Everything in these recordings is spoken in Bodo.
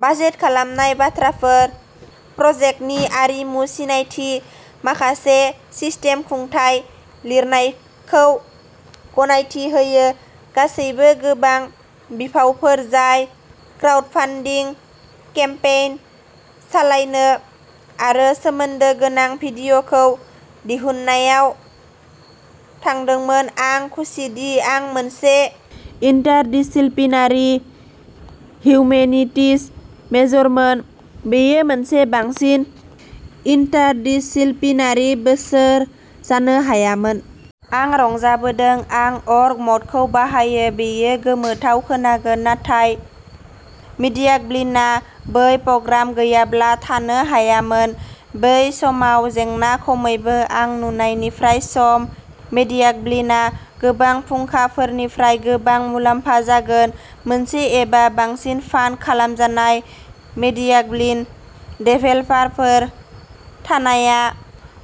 बाजेट खालामनाय बाथ्राफोर, प्रजेक्टनि आरिमु सिनायथि माखासे सिस्टेम खुंथाय, लिरनायखौ गनायथि होयो, गासैबो गोबां बिफावफोर जाय क्राउडफान्डिं केम्पेइन सालायनो आरो सोमोन्दो गोनां भिडिय'खौ दिहुननायाव थांदोंमोन। आं खुसिदि आं मोनसे इन्टारडिसिप्लिनारि हिउमेनिटीज मेजरमोन। बेयो मोनसे बांसिन इन्टारडिसिप्लिनारि बोसोर जानो हायामोन। आं रंजाबोदों आं अर्ग-मडखौ बाहायो बेयो गोमोथाव खोनागोन, नाथाय मीडियागब्लिनआ बै प्रग्राम गैयाब्ला थानो हायामोन। बै समाव जेंना, खमैबो आं नुनायनिफ्राय, सम। मीडियागब्लिनआ गोबां फुंखाफोरनिफ्राय गोबां मुलाम्फा जागोन, मोनसे एबा बांसिन फान्ड खालामजानाय मीडियागब्लिन देभेलपारफोर थानाया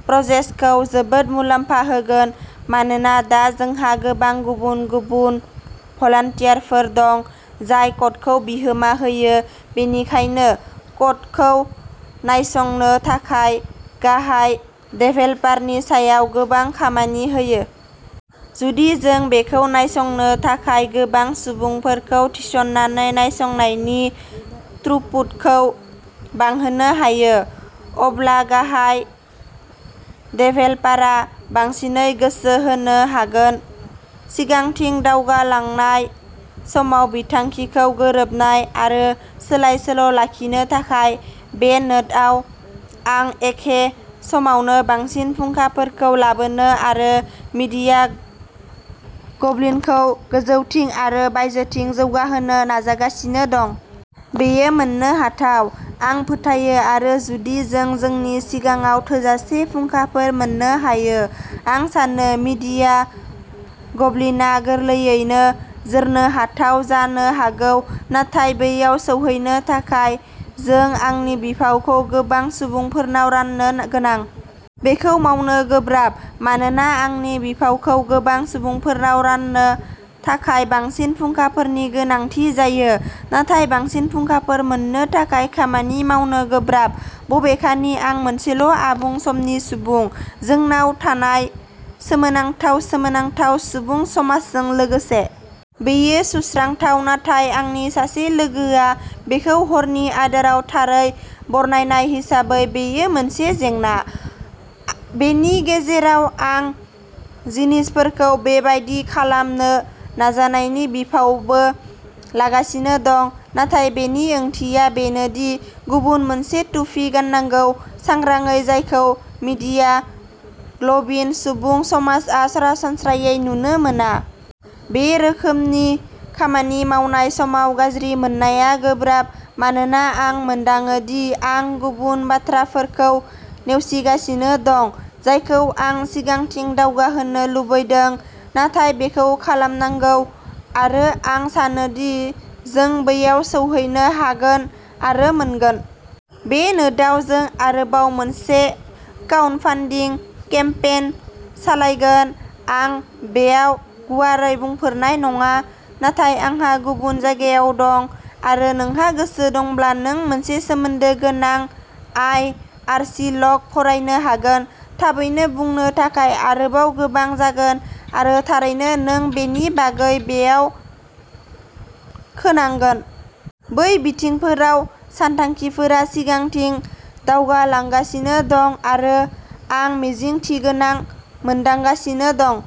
प्रजेक्तखौ जोबोद मुलाम्फा होगोन, मानोना दा, जोंहा गोबां गुबुन-गुबुन भलान्टियारफोर दं जाय क'डखौ बिहोमा होयो, बेनिखायनो क'डखौ नायसंनो थाखाय गाहाय देभेलपारनि सायाव गोबां खामानि होयो। जुदि जों बेखौ नायसंनो थाखाय गोबां सुबुंफोरखौ थिस'ननानै नायसंनायनि थ्रुपुटखौ बांहोनो हायो, अब्ला गाहाय देभेलपारआ बांसिनै गोसो होनो हागोन। सिगांथिं दावगालांनाय समाव बिथांखिखौ गोरोबनाय आरो सोलाय सोल' लाखिनो थाखाय। बे नोटआव, आं एखे समावनो बांसिन फुंखाफोरखौ लाबोनो आरो मीडिया गब्लिनखौ गोजौथिं आरो बायजोथिं जौगाहोनो नाजागासिनो दं। बेयो मोन्नो हाथाव, आं फोथायो, आरो जुदि जों जोंनि सिगाङाव थोजासे फुंखाफोर मोन्नो हायो, आं सानो मीडिया गब्लिनआ गोरलैयैनो जोरनो हाथाव जानो हागौ। नाथाय बैयाव सौहैनो थाखाय, जों आंनि बिफावखौ गोबां सुबुंफोरनाव राननो गोनां। बेखौ मावनो गोब्राब मानोना आंनि बिफावखौ गोबां सुबुंफोरनाव राननो थाखाय बांसिन फुंखाफोरनि गोनांथि जायो, नाथाय बांसिन फुंखाफोर मोन्नो थाखाय खामानि मावनो गोब्राब, बबेखानि आं मोनसेल' आबुं समनि सुबुं, जोंनाव थानाय सोमोनांथाव, सोमोनांथाव सुबुं समाजजों लोगोसे। बेयो सुस्रांथाव, नाथाय आंनि सासे लोगोआ बेखौ हरनि आदाराव थारै बरनायनाय हिसाबै, बेयो मोनसे जेंना। बेनि गेजेराव, आं जिनिसफोरखौ बेबादि खालामनो नाजानायनि बिफावबो लागासिनो दं, नाथाय बेनि ओंथिया बेनो दि गुबुन मोनसे थुफि गाननांगौ सांग्रांयै, जायखौ मीडिया गब्लिन सुबुं समाजआ सरासनस्रायै नुनो मोना। बे रोखोमनि खामानि मावनाय समाव गाज्रि मोननाया गोब्राब, मानोना आं मोनदाङो दि आं गुबुन बाथ्राफोरखौ नेवसिगासिनो दं जायखौ आं सिगांथिं दावगाहोनो लुबैदों। नाथाय बेखौ खालामनांगौ। आरो आं सानोदि जों बैयाव सौहैनो हागोन आरो मोनगोन। बे नोटआव, जों आरोबाव मोनसे क्राउडफान्डिं केम्पेइन सालायगोन। आं बेयाव गुवारै बुंफोरनाय नङा, नाथाय आंहा गुबुन जायगायाव दं, आरो नोंहा गोसो दंब्ला, नों मोनसे सोमोन्दो गोनां आई आरसी लग फरायनो हागोन। थाबैनो बुंनो थाखाय आरोबाव गोबां जागोन, आरो थारैनो नों बेनि बागै बेयाव खोनांगोन। बै बिथिंफोराव सानथांखिफोरा सिगांथिं दावगालांगासिनो दं, आरो आं मिजिंथिगोनां मोनदांगासिनो दं।